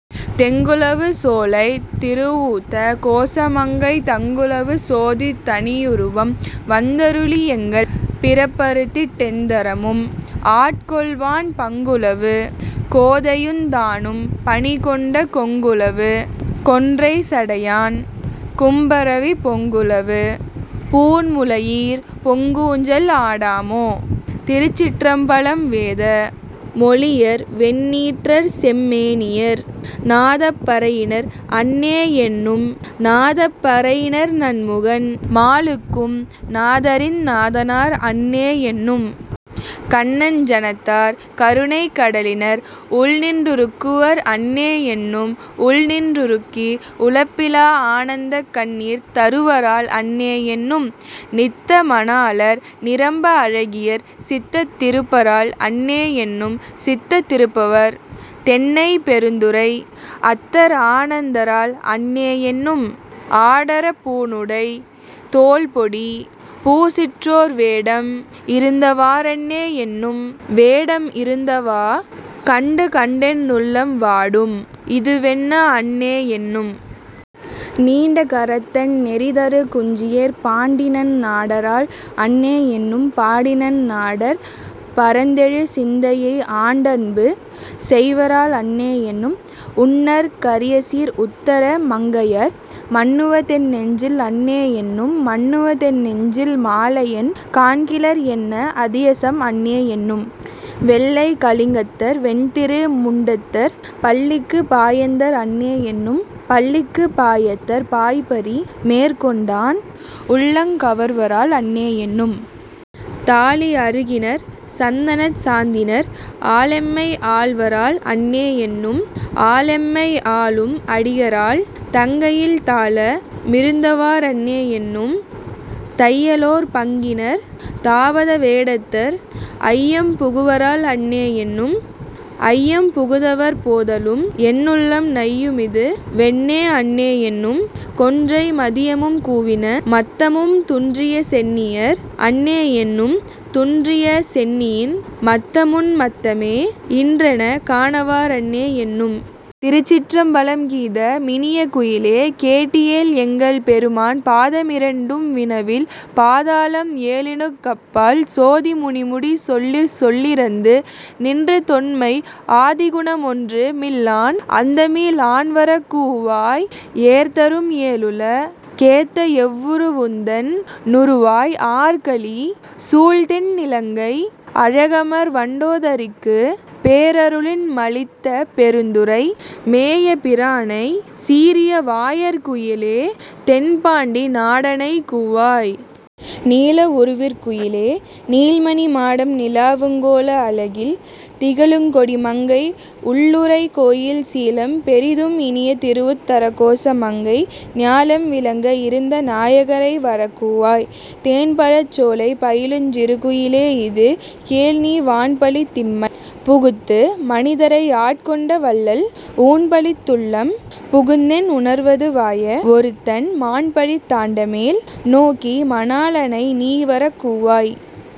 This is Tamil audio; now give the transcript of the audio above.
தெங்குலவு சோலைத் திருஉத்தர கோசமங்கை தங்குலவு சோதித் தனியுருவம் வந்தருளி எங்கள் பிறப்பறுத்திட் டெந்தரமும் ஆட்கொள்வான் பங்குலவு கோதையுந் தானும் பணிகொண்ட கொங்குலவு கொன்றைச் சடையான் குணம்பரவிப் பொங்குலவு பூண்முலையீர் பொன்னூசல் ஆடாமோ. திருச்சிற்றம்பலம் வேத மொழியர்வெண் ணீற்றர்செம் மேனியர் நாதப் பறையினர் அன்னே என்னும் நாதப் பறையினர் நான்முகன் மாலுக்கும் நாதரிந் நாதனார் அன்னே என்னும். கண்ணஞ் சனத்தார் கருணைக் கடலினர் உள்நின் றுருக்குவர் அன்னே என்னும் உள்நின் றுருக்கி உலப்பிலா ஆனந்தக் கண்ணீர் தருவரால் அன்னே என்னும். நித்த மணாளர் நிரம்ப அழகியர் சித்தத் திருப்பரால் அன்னே என்னும் சித்தத் திருப்பவர் தென்னன் பெரும்துறை அத்தர்ஆ னந்தரால் அன்னே என்னும். ஆடரப் பூணுடைத் தோல்பொடிப் பூசிற்றோர் வேடம் இருந்தவா றன்னே என்னும் வேடம் இருந்தவா கண்டுகண் டென்னுள்ளம் வாடும் இதுவென்ன அன்னே என்னும். நீண்ட கரத்தர் நெறிதரு குஞ்சியர் பாண்டிநன் னாடரால் அன்னே என்னும் பாண்டிநன் னாடர் பரந்தெழு சிந்தையை ஆண்டன்பு செய்வரால் அன்னே என்னும். உன்னற் கரியசீர் உத்தர மங்கையர் மன்னுவ தென்நெஞ்சில் அன்னே என்னும் மன்னுவ தென்நெஞ்சில் மாலயன் காண்கிலார் என்ன அதியசம் அன்னே என்னும். வெள்ளைக் கலிங்கத்தர் வெண்திரு முண்டத்தர் பள்ளிக்குப் பாயந்தர் அன்னே என்னும் பள்ளிக்குப் பாயத்தர் பாய்பரி மேற்கொண்டான் உள்ளங் கவர்வரால் அன்னே என்னும். தாளி அறுகினர் சந்தனச் சாந்தினர் ஆளெம்மை ஆள்வரால் அன்னே என்னும் ஆளெம்மை ஆளும் அடிகளார் தங்கையில் தாள மிருந்தவா றன்னே என்னும். தையலோர் பங்கினர் தாபத வேடத்தர் ஐயம் புகுவரால் அன்னே என்னும் ஐயம் புகுந்தவர் போதலும் என்னுள்ளம் நையுமிது வென்னே அன்னே என்னும். கொன்றை மதியமும் கூவின மத்தமும் துன்றிய சென்னியர் அன்னே என்னும் துன்றிய சென்னியின் மத்தம்உன் மத்தமே இன்றெனக் கானவா றன்னே என்னும். திருச்சிற்றம்பலம் கீத மினிய குயிலே கேட்டியேல் எங்கள் பெருமான் பாத மிரண்டும் வினவில் பாதாளம் ஏழினுக் கப்பால் சோதி மணிமுடி சொல்லிற் சொல்லிறந்து நின்ற தொன்மை ஆதிகுண மொன்று மில்லான் அந்தமி லான்வரக் கூவாய். ஏர்தரும் ஏழுல கேத்த எவ்வுரு வுந்தன் னுருவாய் ஆர்கலி சூழ்தென் னிலங்கை அழகமர் வண்டோ தரிக்குப் பேரருளின்ப மளித்த பெருந்துறை மேய பிரானைச் சீரிய வாயாற் குயிலே தென்பாண்டி நாடனைக் கூவாய். நீல வுருவிற் குயிலே நீள்மணி மாடம் நிலாவுங் கோல அழகில் திகழுங் கொடிமங்கை உள்ளுறை கோயில் சீலம் பெரிதும் இனிய திருவுத் தரகோச மங்கை ஞாலம் விளங்க இருந்த நாயக னைவரக் கூவாய். தேன்பழச் சோலை பயிலுஞ் சிறுகுயி லேயிது கேள்நீ வான்பழித் திம்மண் புகுத்து மனிதரை ஆட்கொண்ட வள்ளல் ஊன்பழித் துள்ளம் புகுந்தென் உணர்வது வாய வொருத்தன் மான்பழித் தாண்டமெல் நோக்கி மணாளனை நீவரக் கூவாய்.